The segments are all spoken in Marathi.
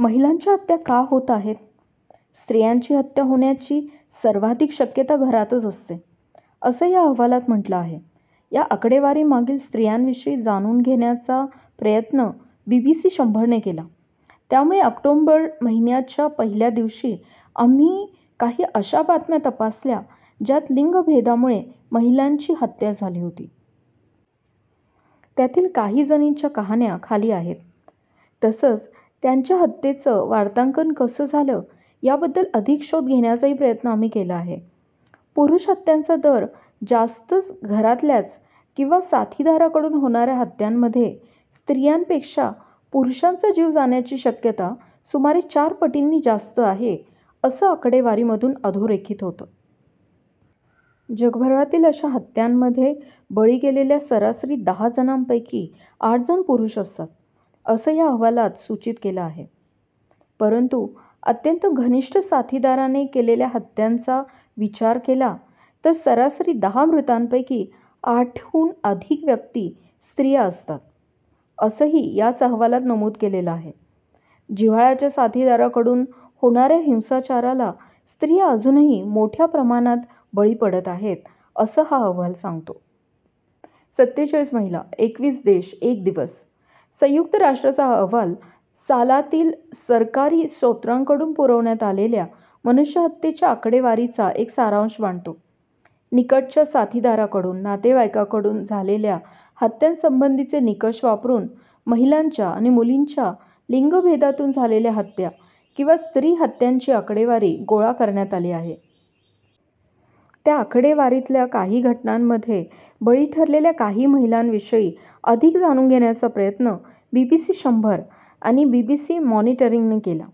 महिलांच्या हत्या का होत आहेत स्त्रियांची हत्या होण्याची सर्वाधिक शक्यता घरातच असते, असं या अहवालात म्हटलं आहे. या आकडेवारीमागील स्त्रियांविषयी जाणून घेण्याचा प्रयत्न बीबीसी शंभरने केला त्यामुळे ऑक्टोबर महिन्याच्या पहिल्या दिवशी आम्ही काही अशा बातम्या तपासल्या ज्यात लिंगभेदामुळे महिलांची हत्या झाली होती. त्यातील काही जणींच्या कहाण्या खाली आहेत. तसंच त्यांच्या हत्येचं वार्तांकन कसं झालं, याबद्दल अधिक शोध घेण्याचाही प्रयत्न आम्ही केला आहे. पुरुष हत्यांचा दर जास्तच घरातल्याच किंवा साथीदाराकडून होणाऱ्या हत्यांमध्ये स्त्रियांपेक्षा पुरुषांचा जीव जाण्याची शक्यता सुमारे चार पटींनी जास्त आहे, असं आकडेवारीमधून अधोरेखित होतं. जगभरातील अशा हत्यांमध्ये बळी गेलेल्या सरासरी दहा जणांपैकी आठ जण पुरुष असतात, असं या अहवालात सूचित केलं आहे परंतु, अत्यंत घनिष्ठ साथीदाराने केलेल्या हत्यांचा विचार केला तर सरासरी दहा मृतांपैकी आठहून अधिक व्यक्ती स्त्रिया असतात, असंही याच अहवालात नमूद केलेलं आहे जिव्हाळ्याच्या साथीदाराकडून होणाऱ्या हिंसाचाराला स्त्रिया अजूनही मोठ्या प्रमाणात बळी पडत आहेत, असं हा अहवाल सांगतो. सत्तेचाळीस महिला, एकवीस देश, एक दिवस संयुक्त राष्ट्रांचा हा अहवाल सालातील सरकारी स्त्रोतांकडून पुरवण्यात आलेल्या मनुष्यहत्येच्या आकडेवारीचा एक सारांश मांडतो निकटच्या साथीदाराकडून नातेवाईकाकडून झालेल्या हत्यांसंबंधीचे निकष वापरून महिलांच्या आणि मुलींच्या लिंगभेदातून झालेल्या हत्या किंवा स्त्री हत्यांची आकडेवारी गोळा करण्यात आली आहे. या आकडेवारीतल्या काही घटनांमध्ये बळी ठरलेल्या काही महिलांविषयी अधिक जाणून घेण्याचा प्रयत्न बीबीसी शंभर आणि बीबीसी मॉनिटरिंगने केला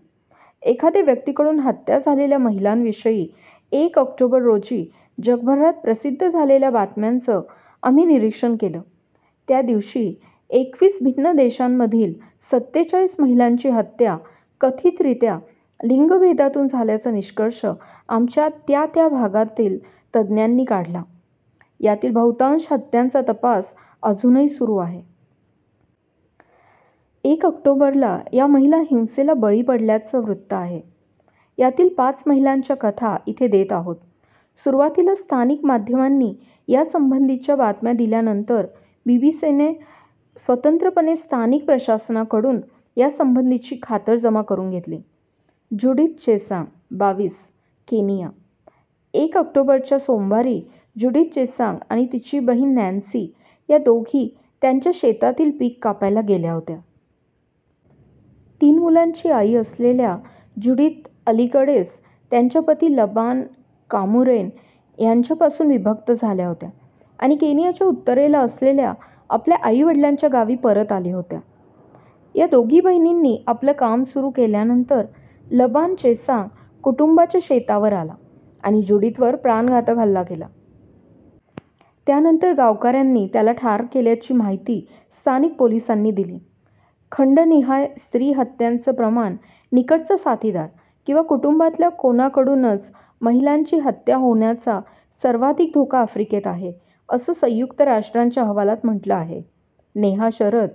एखाद्या व्यक्तीकडून हत्या झालेल्या महिलांविषयी एक ऑक्टोबर रोजी जगभरात प्रसिद्ध झालेल्या बातम्यांचं आम्ही निरीक्षण केलं त्या दिवशी एकवीस भिन्न देशांमधील सत्तेचाळीस महिलांची हत्या कथितरीत्या लिंगभेदातून झाल्याचा निष्कर्ष आमच्या त्यात्या भागांमधील तज्ज्ञांनी काढला यातील बहुतांश हत्यांचा तपास अजूनही सुरू आहे. एक ऑक्टोबरला या महिला हिंसेला बळी पडल्याचं वृत्त आहे यातील पाच महिलांच्या कथा इथे देत आहोत सुरुवातीला स्थानिक माध्यमांनी यासंबंधीच्या बातम्या दिल्यानंतर बीबीसीने स्वतंत्रपणे स्थानिक प्रशासनाकडून यासंबंधीची खातरजमा करून घेतली. ज्युडिथ चेसांग, बावीस केनिया एक ऑक्टोबरच्या सोमवारी ज्युडिथ चेसांग आणि तिची बहीण नॅन्सी या दोघी त्यांच्या शेतातील पीक कापायला गेल्या होत्या। तीन मुलांची आई असलेल्या ज्युडिथ अलीकडेच त्यांच्या पती लबान कामुरेन यांच्यापासून विभक्त झाल्या होत्या, आणि केनियाच्या उत्तरेला असलेल्या आपल्या आईवडिलांच्या गावी परत आली होत्या. या दोघी बहिणींनी आपलं काम सुरू केल्यानंतर लबान चेसांग कुटुंबाच्या शेतावर आला आणि ज्युडिथवर प्राणघातक हल्ला केला. त्यानंतर गावकऱ्यांनी त्याला ठार केल्याची माहिती स्थानिक पोलिसांनी दिली. खंडनिहाय स्त्रीहत्यांचं प्रमाण निकटचा साथीदार किंवा कुटुंबातल्या कुणाकडूनच महिलांची हत्या होण्याचा सर्वाधिक धोका आफ्रिकेत आहे, असं संयुक्त राष्ट्रांच्या अहवालात म्हटलं आहे. नेहा शरद